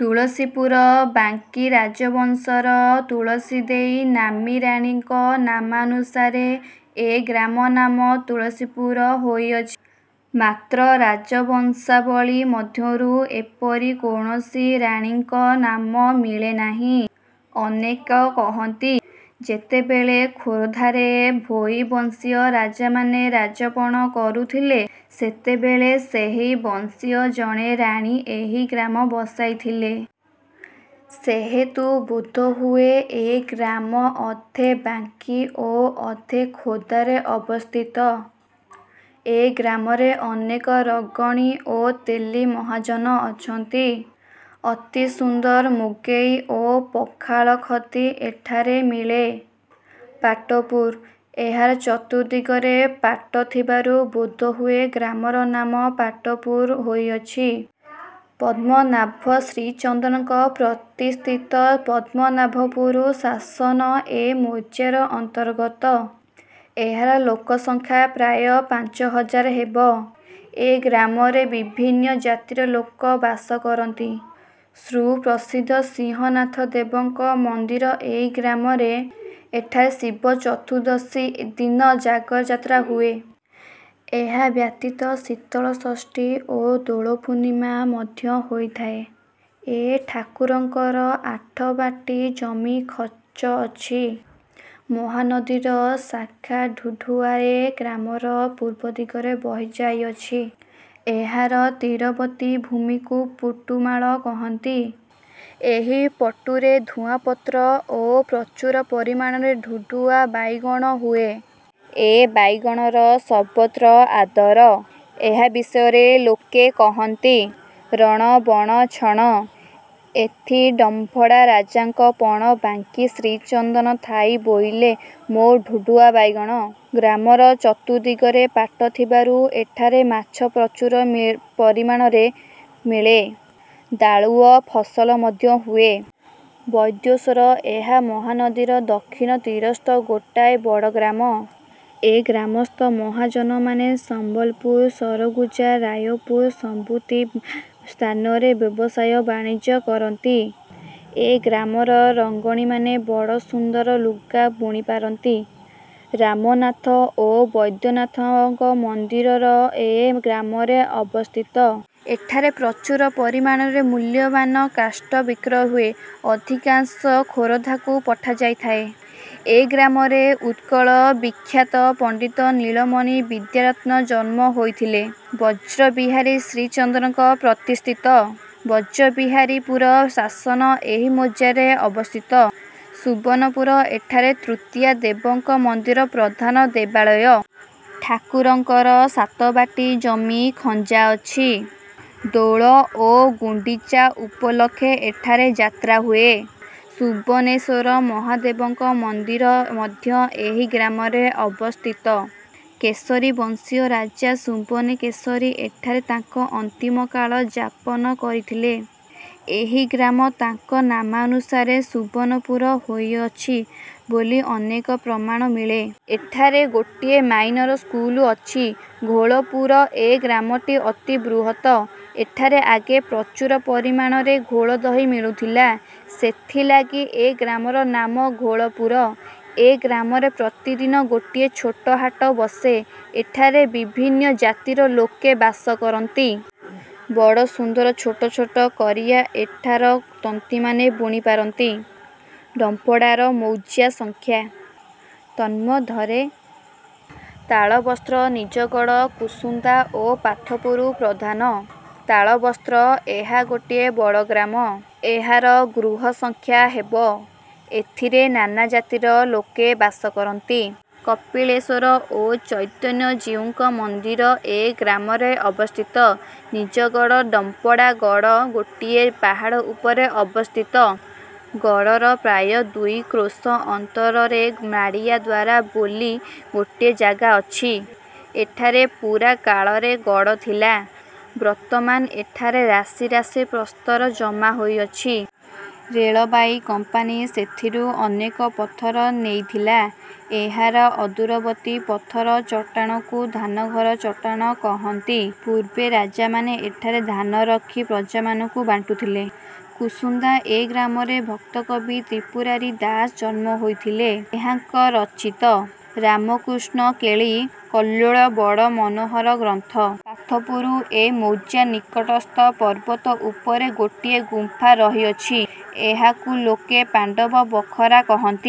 ତୁଳସୀପୁର- ବାଙ୍କୀ ରାଜବଂଶର ତୁଳସୀ ଦେଈ ନାମ୍ନୀ ରାଣୀଙ୍କ ନାମାନୁସାରେ ଏ ଗ୍ରାମର ନାମ ତୁଳସୀପୁର ହୋଇଅଛି। ମାତ୍ର ରାଜବଂଶାବଳୀ ମଧ୍ୟରୁ ଏପରି କୌଣସି ରାଣୀଙ୍କ ନାମ ମିଳେ ନାହିଁ। ଅନେକେ କହନ୍ତି, ଯେତେବେଳେ ଖୋରଧାରେ ଭୋଇ ବଂଶୀୟ ରାଜାମାନେ ରାଜପଣ କରୁଥିଲେ, ସେତେବେଳେ ସେହି ବଂଶୀୟ ଜଣେ ରାଣୀ ଏହି ଗ୍ରାମ ବସାଇଥିଲେ। ସେହେତୁ ବୋଧହୁଏ ଏ ଗ୍ରାମ ଅଧେ ବାଙ୍କୀ ଓ ଅଧେ ଖୋର୍ଦ୍ଧାରେ ଅବସ୍ଥିତ। ଏ ଗ୍ରାମରେ ଅନେକ ରଙ୍ଗଣୀ ଓ ତେଲୀ ମହାଜନ ଅଛନ୍ତି। ଅତି ସୁନ୍ଦର ମୁଗେଇ ଓ ପଖାଳ ଖଦୀ ଏଠାରେ ମିଳେ। ପାଟପୁର- ଏହାର ଚତୁର୍ଦ୍ଦିଗରେ ପାଟ ଥିବାରୁ ବୋଧହୁଏ ଗ୍ରାମର ନାମ ପାଟପୁର ହୋଇଅଛି। ପଦ୍ମନାଭ ଶ୍ରୀଚନ୍ଦନଙ୍କ ପ୍ରତିଷ୍ଠିତ ପଦ୍ମନାଭପୁର ଶାସନ ଏ ମୌଜାର ଅନ୍ତର୍ଗତ। ଏହାର ଲୋକସଂଖ୍ୟା ପ୍ରାୟ ପାଞ୍ଚ ହଜାର ହେବ। ଏ ଗ୍ରାମରେ ବିଭିନ୍ନ ଜାତିର ଲୋକ ବାସ କରନ୍ତି। ସୁପ୍ରସିଦ୍ଧ ସିଂହନାଥଦେବଙ୍କ ମନ୍ଦିର ଏଇ ଗ୍ରାମରେ। ଏଠାରେ ଶିବ ଚତୁର୍ଦ୍ଦଶୀ ଦିନ ଜାଗର ଯାତ୍ରା ହୁଏ। ଏହା ବ୍ୟତୀତ ଶୀତଳ ଷଷ୍ଠୀ ଓ ଦୋଳ ପୂର୍ଣ୍ଣିମା ମଧ୍ୟ ହୋଇଥାଏ। ଏ ଠାକୁରଙ୍କର ଆଠ ବାଟୀ ଜମି ଖଞ୍ଜା ଅଛି। ମହାନଦୀର ଶାଖା ଢୁଢ଼ୁଆ ଏ ଗ୍ରାମର ପୂର୍ବ ଦିଗରେ ବହି ଯାଉଅଛି। ଏହାର ତୀରବର୍ତ୍ତୀ ଭୂମିକୁ "ପଟୁମାଳ" କହନ୍ତି। ଏହି ପଟୁରେ ଧୂଆଁପତ୍ର ଓ ପ୍ରଚୁର ପରିମାଣରେ ଢୁଢ଼ୁଆ ବାଇଗଣ ହୁଏ। ଏ ବାଇଗଣର ସର୍ବତ୍ର ଆଦର। ଏହା ବିଷୟରେ ଲୋକେ କହନ୍ତି- "ରଣ ବଣ ଛଣ−ଏଥି ଡମ୍ପଡ଼ା ରାଜାଙ୍କ ପଣ ବାଙ୍କୀ ଶ୍ରୀଚନ୍ଦନ ଥାଇ ବୋଇଲେ ମୋ ଢୁଢ଼ୁଆ ବାଇଗଣ। '' ଗ୍ରାମର ଚତୁର୍ଦ୍ଦିଗରେ ପାଟ ଥିବାରୁ ଏଠାରେ ମାଛ ପ୍ରଚୁର ପରିମାଣରେ ମିଳେ। ଦାଳୁଅ। ଫସଲ ମଧ୍ୟ ହୁଏ। ବୈଦ୍ୟେଶ୍ଵର- ଏହା ମହାନଦୀର ଦକ୍ଷିଣ ତୀରସ୍ଥ ଗୋଟାଏ ବଡ଼ ଗ୍ରାମ। ଏ ଗ୍ରାମସ୍ଥ ମହାଜନମାନେ ସମ୍ବଲପୁର, ସରଗୁଜା, ରାୟପୁର ପ୍ରଭୃତି ସ୍ଥାନରେ ବ୍ୟବସାୟ ବାଣିଜ୍ୟ କରନ୍ତି। ଏ ଗ୍ରାମର ରଙ୍ଗଣିମାନେ ବଡ଼ ସୁନ୍ଦର ଲୁଗା ବୁଣି ପାରନ୍ତି। ରାମନାଥ ଓ ବୈଦ୍ୟନାଥଙ୍କ ମନ୍ଦିର ଏ ଗ୍ରାମରେ ଅବସ୍ଥିତ। ଏଠାରେ ପ୍ରଚୁର ପରିମାଣରେ ମୁଲ୍ୟବାନ କାଷ୍ଠ ବିକ୍ରୟ ହୁଏ। ଅଧିକାଂଶ ଖୋରଧାକୁ ପଠାଯାଇଥାଏ। ଏ ଗ୍ରାମରେ ଉତ୍କଳ-ବିଖ୍ୟାତ ପଣ୍ଡିତ ନୀଳମଣି ବିଦ୍ୟାରତ୍ନ ଜନ୍ମ ହୋଇଥିଲେ। ବ୍ରଜବିହାରୀ ଶ୍ରୀଚନ୍ଦନଙ୍କ ପ୍ରତିଷ୍ଠିତ ବ୍ରଜବିହାରୀପୁର ଶାସନ ଏହି ମୌଜାରେ ଅବସ୍ଥିତ। ସୁବର୍ଣ୍ଣପୁର- ଏଠାରେ ତୃତୀୟା ଦେବଙ୍କ ମନ୍ଦିର ପ୍ରଧାନ ଦେବାଳୟ। ଠାକୁରଙ୍କର ସାତବାଟୀ ଜମି ଖଞ୍ଜା ଅଛି। ଦୋଳ ଓ ଗୁଣ୍ଡିଚା ଉପଲକ୍ଷେ ଏଠାରେ ଯାତ୍ରା ହୁଏ। ସୁବର୍ଣ୍ଣେଶ୍ଵର ମହାଦେବଙ୍କ ମନ୍ଦିର ମଧ୍ୟ ଏଇ ଗ୍ରାମରେ ଅବସ୍ଥିତ। କେଶରୀ ବଂଶୀୟ ରାଜା ସୁବର୍ଣ୍ଣକେଶରୀ ଏଠାରେ ତାଙ୍କ ଅନ୍ତିମକାଳ ଯାପନ କରିଥିଲେ। ଏହି ଗ୍ରାମ ତାଙ୍କ ନାମାନୁସାରେ ସୁବର୍ଣ୍ଣପୁର ହୋଇଅଛି ବୋଲି ଅନେକ ପ୍ରମାଣ ମିଳେ। ଏଠାରେ ଗୋଟିଏ ମାଇନର ସ୍କୁଲ ଅଛି। ଘୋଳପୁର- ଏ ଗ୍ରାମଟି ଅତି ବୃହତ୍। ଏଠାରେ ଆଗେ ପ୍ରଚୁର ପରିମାଣରେ ଘୋଳ ଦହି ମିଳୁଥିଲା; ସେଥିଲାଗି ଏ ଗ୍ରାମର ନାମ ଘୋଳପୁର। ଏ ଗ୍ରାମରେ ପ୍ରତିଦିନ ଗୋଟିଏ ଛୋଟ ହାଟ ବସେ। ଏଠାରେ ବିଭିନ୍ନ ଜାତିର ଲୋକେ ବାସ କରନ୍ତି। ବଡ଼ ସୁନ୍ଦର ଛୋଟ ଛୋଟ କରିଆ ଏଠାର ତନ୍ତିମାନେ ବୁଣି ପାରନ୍ତି। ଡମ୍ପଡ଼ାର ମୌଜା ସଂଖ୍ୟା। ତନ୍ମଧ୍ୟରେ ତାଳବସ୍ତ, ନିଜଗଡ଼, କୁସୁନ୍ଦା ଓ ପାଥପୁର ପ୍ରଧାନ। ତାଳବସ୍ତ- ଏହା ଗୋଟିଏ ବଡ଼ ଗ୍ରାମ। ଏହାର ଗୃହସଂଖ୍ୟା ହେବ। ଏଥିରେ ନାନା ଜାତିର ଲୋକେ ବାସ କରନ୍ତି। କପିଳେଶ୍ଵର ଓ ଚୈତନ୍ୟଜୀଉଙ୍କ ମନ୍ଦିର ଏ ଗ୍ରାମରେ ଅବସ୍ଥିତ। ନିଜଗଡ଼- ଡମ୍ପଡ଼ା ଗଡ଼ ଗୋଟିଏ ପାହାଡ଼ ଉପରେ ଅବସ୍ଥିତ। ଗଡ଼ର ପ୍ରାୟ ଦୁଇ କ୍ରୋଶ ଅନ୍ତରରେ "ମାଡ଼ିଆ ଦ୍ଵାର'' ବୋଲି ଗୋଟିଏ ଜାଗା ଅଛି। ଏଠାରେ ପୁରାକାଳରେ ଗଡ଼ ଥିଲା। ବର୍ତ୍ତମାନ ଏଠାରେ ରାଶି ରାଶି ପ୍ରସ୍ତର ଜମା ହୋଇଅଛି। ରେଳବାଇ କମ୍ପାନୀ ସେଥିରୁ ଅନେକ ପଥର ନେଇଥିଲା। ଏହାର ଅଦୂରବର୍ତ୍ତୀ ପଥର ଚଟାଣକୁ "ଧାନଘର ଚଟାଣ" କହନ୍ତି। ପୂର୍ବେ ରାଜାମାନେ ଏଠାରେ ଧାନ ରଖି ପ୍ରଜାମାନଙ୍କୁ ବାଣ୍ଟୁଥିଲେ। କୁସୁନ୍ଦା- ଏ ଗ୍ରାମରେ ଭକ୍ତକବି ତ୍ରିପୁରାରି ଦାସ ଜନ୍ମ ହୋଇଥିଲେ। ଏହାଙ୍କ ରଚିତ "ରାମକୃଷ୍ଣ କେଳି−କଲ୍ଲୋଳ'' ବଡ଼ ମନୋହର ଗ୍ରନ୍ଥ। ପାଥପୁର- ଏ ମୌଜା ନିକଟସ୍ଥ ପର୍ବତ ଉପରେ ଗୋଟିଏ ଗୁମ୍ଫା ରହିଅଛି। ଏହାକୁ ଲୋକେ "ପାଣ୍ଡବ ବଖରା " କହନ୍ତି।